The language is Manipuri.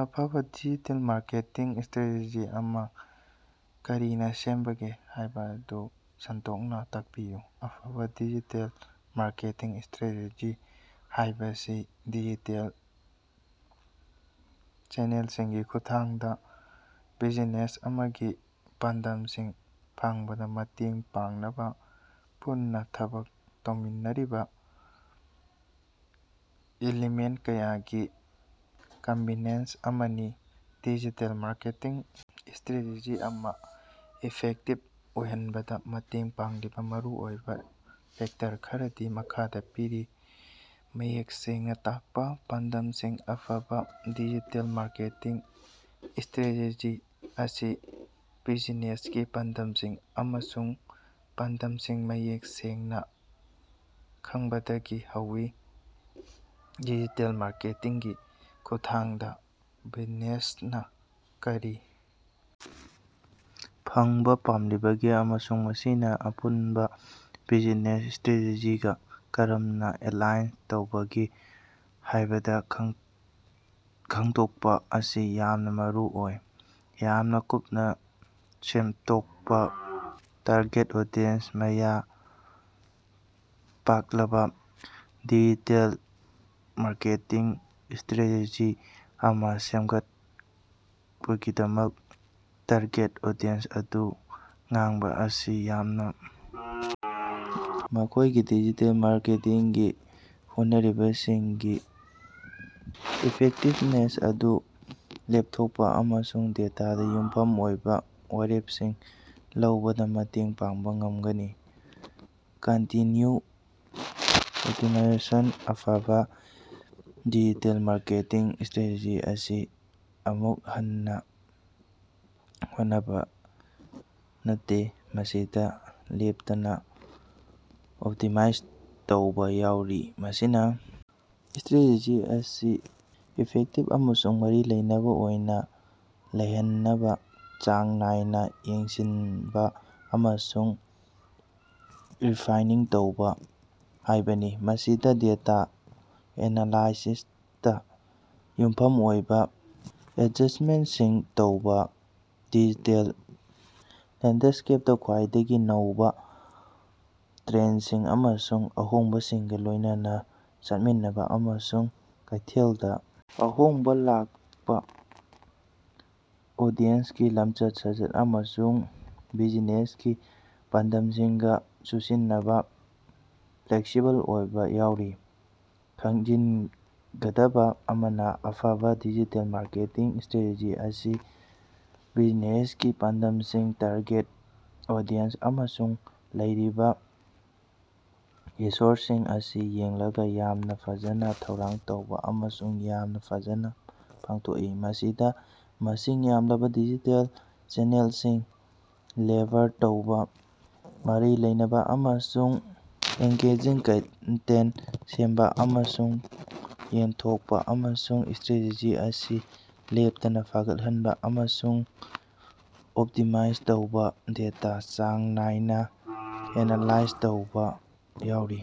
ꯑꯐꯕꯥ ꯗꯤꯖꯤꯇꯦꯜ ꯃꯥꯔꯀꯦꯇꯤꯡ ꯁ꯭ꯇꯔꯦꯇꯦꯖꯤ ꯑꯃꯥ ꯀꯔꯤꯅꯥ ꯁꯦꯝꯕꯒꯦ ꯍꯥꯏꯕꯗꯨ ꯁꯟꯗꯣꯛꯅꯥ ꯇꯥꯛꯄꯤꯌꯨ꯫ ꯑꯐꯕꯥ ꯗꯤꯖꯤꯇꯦꯜ ꯃꯥꯔꯀꯦꯇꯤꯡ ꯁ꯭ꯇꯔꯦꯇꯦꯖꯤ ꯍꯥꯏꯕꯁꯤ ꯗꯤꯖꯤꯇꯦꯜ ꯆꯦꯅꯦꯜꯁꯤꯡꯒꯤ ꯈꯨꯠꯊꯥꯡꯗꯥ ꯕꯤꯖꯤꯅꯦꯁ ꯑꯃꯒꯤ ꯄꯥꯟꯗꯝꯁꯤꯡ ꯐꯪꯕꯗꯥ ꯃꯇꯦꯡ ꯄꯥꯡꯅꯕꯥ ꯄꯨꯟꯅꯥ ꯊꯕꯛ ꯇꯧꯃꯤꯟꯅꯔꯤꯕꯥ ꯏꯂꯤꯃꯦꯟꯇ ꯀꯌꯥꯒꯤ ꯀꯝꯕꯤꯅꯦꯁꯟ ꯑꯃꯅꯤ꯫ ꯗꯤꯖꯤꯇꯦꯜ ꯃꯥꯔꯀꯦꯇꯤꯡ ꯁ꯭ꯇꯔꯦꯇꯦꯖꯤ ꯑꯃꯥ ꯏꯐꯦꯛꯇꯤꯕ ꯑꯣꯏꯍꯟꯕꯗꯥ ꯃꯇꯦꯡ ꯄꯥꯡꯂꯤꯕꯥ ꯃꯔꯨꯑꯣꯏꯕꯥ ꯐꯦꯛꯇꯔ ꯈꯔꯗꯤ ꯃꯈꯥꯗꯥ ꯄꯤꯔꯤ: ꯃꯌꯦꯛ ꯁꯦꯡꯅꯥ ꯇꯥꯛꯄꯥ ꯄꯥꯟꯗꯝꯁꯤꯡ: ꯑꯐꯕꯥ ꯗꯤꯖꯤꯇꯦꯜ ꯃꯥꯔꯀꯦꯇꯤꯡ ꯁ꯭ꯇꯔꯦꯇꯦꯖꯤ ꯑꯁꯤ ꯕꯤꯖꯤꯅꯦꯁꯀꯤ ꯄꯥꯟꯗꯝꯁꯤꯡ ꯑꯃꯁꯨꯡ ꯄꯥꯟꯗꯝꯁꯤꯡ ꯃꯌꯦꯛ ꯁꯦꯡꯅꯥ ꯈꯪꯕꯗꯒꯤ ꯍꯧꯏ꯫ ꯗꯤꯖꯤꯇꯦꯜ ꯃꯥꯔꯀꯦꯇꯤꯡꯒꯤ ꯈꯨꯠꯊꯥꯡꯗꯥ ꯕꯤꯖꯤꯅꯦꯁꯅꯥ ꯀꯔꯤ ꯐꯪꯕꯥ ꯄꯥꯝꯂꯤꯕꯒꯦ ꯑꯃꯁꯨꯡ ꯃꯁꯤꯅ ꯑꯄꯨꯟꯕ ꯕꯤꯖꯤꯅꯦꯁ ꯁ꯭ꯇꯔꯦꯇꯦꯖꯤꯒꯥ ꯀꯔꯝꯅꯥ ꯑꯦꯂꯥꯏꯟ ꯇꯧꯕꯒꯦ ꯍꯥꯏꯕꯗ ꯈꯪꯗꯣꯀꯄꯛꯄꯥ ꯑꯁꯤ ꯌꯥꯝꯅꯥ ꯃꯔꯨꯑꯣꯏ꯫ ꯌꯥꯝꯅꯥ ꯀꯨꯞꯅꯥ ꯁꯦꯞꯗꯣꯛꯄꯥ ꯇꯥꯔꯒꯦꯠ ꯑꯣꯗꯤꯁꯟ: ꯃꯥꯌ ꯄꯥꯛꯂꯕꯥ ꯗꯤꯖꯤꯇꯦꯜ ꯃꯥꯔꯀꯦꯇꯤꯡ ꯁ꯭ꯠꯔꯦꯇꯦꯖꯤ ꯑꯃꯥ ꯁꯦꯝꯅꯕꯒꯤꯗꯃꯛ ꯇꯥꯔꯒꯦꯠ ꯑꯣꯗꯤꯁꯟ ꯑꯗꯨ ꯈꯉꯕꯥ ꯑꯁꯤ ꯌꯥꯝꯅꯥ ꯃꯈꯣꯏꯒꯤ ꯗꯤꯖꯤꯇꯦꯜ ꯃꯥꯔꯀꯦꯇꯤꯡꯒꯤ ꯍꯣꯠꯅꯔꯤꯕꯁꯤꯡꯒꯤ ꯏꯐꯦꯛꯇꯤꯕꯅꯦꯁ ꯑꯗꯨ ꯂꯦꯞꯊꯣꯛꯄꯥ ꯑꯃꯁꯨꯡ ꯗꯦꯇꯥꯗꯥ ꯌꯨꯝꯐꯝ ꯑꯣꯏꯕꯥ ꯋꯥꯔꯦꯄꯁꯤꯡ ꯂꯧꯕꯗꯥ ꯃꯇꯦꯡ ꯄꯥꯡꯕꯥ ꯉꯝꯒꯅꯤ꯫ ꯀꯟꯇꯤꯟꯌꯨꯎꯁ ꯑꯣꯞꯇꯤꯃꯥꯏꯖꯦꯁꯟ: ꯑꯐꯕꯥ ꯗꯤꯖꯤꯇꯦꯜ ꯃꯥꯔꯀꯦꯇꯤꯡ ꯁ꯭ꯇꯔꯦꯇꯦꯖꯤ ꯑꯁꯤ ꯑꯃꯨꯛ ꯍꯟꯅꯥ ꯍꯣꯠꯅꯕꯥ ꯅꯠꯇꯦ꯫ ꯃꯁꯤꯗꯥ ꯂꯦꯞꯇꯅꯥ ꯑꯣꯞꯇꯤꯃꯥꯏꯖ ꯇꯧꯕꯥ ꯌꯥꯎꯔꯤ꯫ ꯃꯁꯤꯅꯥ ꯁ꯭ꯇꯔꯦꯇꯦꯖꯤ ꯑꯁꯤ ꯏꯐꯦꯛꯇꯤꯕ ꯑꯃꯁꯨꯡ ꯃꯔꯤ ꯂꯩꯅꯕꯥ ꯑꯣꯏꯅꯥ ꯂꯩꯍꯟꯅꯕꯥ ꯆꯥꯡ ꯅꯥꯏꯅꯥ ꯌꯦꯡꯁꯤꯟꯕꯥ ꯑꯃꯁꯨꯡ ꯔꯤꯐꯥꯏꯅꯤꯡ ꯇꯧꯕꯥ ꯍꯥꯏꯕꯅꯤ꯫ ꯃꯁꯤꯗꯥ ꯗꯦꯇꯥ ꯑꯦꯅꯥꯂꯥꯏꯁꯤꯁꯇꯥ ꯌꯨꯝꯐꯝ ꯑꯣꯏꯕꯥ ꯑꯦꯗꯖꯁ꯭ꯇꯃꯦꯟꯇꯁꯤꯡ ꯇꯧꯕꯥ ꯗꯤꯖꯤꯇꯦꯜ ꯂꯦꯟꯗꯁ꯭ꯀꯦꯄꯇꯥ ꯈ꯭ꯋꯥꯏꯗꯒꯤ ꯅꯧꯕꯥ ꯇ꯭ꯔꯦꯟꯗꯁꯤꯡ ꯑꯃꯁꯨꯡ ꯑꯍꯣꯡꯕꯁꯤꯡꯒꯥ ꯂꯣꯏꯅꯅꯥ ꯆꯠꯃꯤꯟꯅꯕꯥ, ꯑꯃꯁꯨꯡ ꯀꯩꯊꯦꯜꯗꯥ ꯑꯍꯣꯡꯕꯥ ꯂꯥꯛꯄꯥ ꯑꯣꯗꯤꯌꯦꯟꯒꯤ ꯂꯝꯆꯠ-ꯁꯥꯖꯠ ꯑꯃꯁꯨꯡ ꯕꯤꯖꯤꯅꯦꯁꯀꯤ ꯄꯥꯟꯗꯝꯁꯤꯡꯒꯥ ꯆꯨꯁꯤꯟꯅꯅꯕꯥ ꯐ꯭ꯂꯦꯛꯁꯤꯕꯜ ꯑꯣꯏꯕꯥ ꯌꯥꯎꯔꯤ꯫ ꯈꯪꯖꯤꯟꯒꯗꯕꯥ ꯑꯃꯅꯥ ꯑꯐꯕꯥ ꯗꯤꯖꯤꯇꯦꯜ ꯃꯥꯔꯀꯦꯇꯤꯡ ꯁ꯭ꯇꯔꯦꯇꯦꯖꯤ ꯑꯁꯤ ꯕꯤꯖꯤꯅꯦꯁꯀꯤ ꯄꯥꯟꯗꯝꯁꯤꯡ, ꯇꯥꯔꯒꯦꯠ ꯑꯣꯗꯤꯁꯟ, ꯑꯃꯁꯨꯡ ꯂꯩꯔꯤꯕꯥ ꯔꯤꯁꯣꯔꯁꯁꯤꯡ ꯑꯁꯤ ꯌꯦꯡꯂꯒꯥ ꯌꯥꯝꯅꯥ ꯐꯖꯅꯥ ꯊꯧꯔꯥꯡ ꯇꯧꯏ ꯑꯃꯁꯨꯡ ꯌꯥꯝꯅꯥ ꯐꯖꯅꯥ ꯄꯥꯡꯊꯣꯛꯏ꯫ ꯃꯁꯤꯗꯥ ꯃꯁꯤꯡ ꯌꯥꯝꯂꯕꯥ ꯗꯤꯖꯤꯇꯦꯜ ꯆꯦꯅꯦꯜꯁꯤꯡ ꯂꯤꯚꯔ ꯇꯧꯕꯥ ꯃꯔꯤ ꯂꯩꯅꯕꯥ ꯑꯃꯁꯨꯡ ꯑꯦꯉ꯭ꯒꯦꯖꯤꯡ ꯀꯟꯇꯦꯟꯇ ꯁꯦꯝꯕꯥ ꯑꯃꯁꯨꯡ ꯌꯦꯟꯊꯣꯛꯄꯥ, ꯑꯃꯁꯨꯡ ꯁ꯭ꯇꯔꯦꯇꯦꯖꯤ ꯑꯁꯤ ꯂꯦꯞꯇꯅꯥ ꯐꯒꯠꯍꯟꯅꯕꯥ ꯑꯃꯁꯨꯡ ꯑꯣꯞꯇꯤꯃꯥꯏꯖ ꯇꯧꯅꯕꯥ ꯗꯦꯇꯥ ꯆꯥꯡ ꯅꯥꯏꯅꯥ ꯑꯦꯅꯥꯂꯥꯏꯖ ꯇꯧꯕꯥ ꯌꯥꯎꯔꯤ꯫।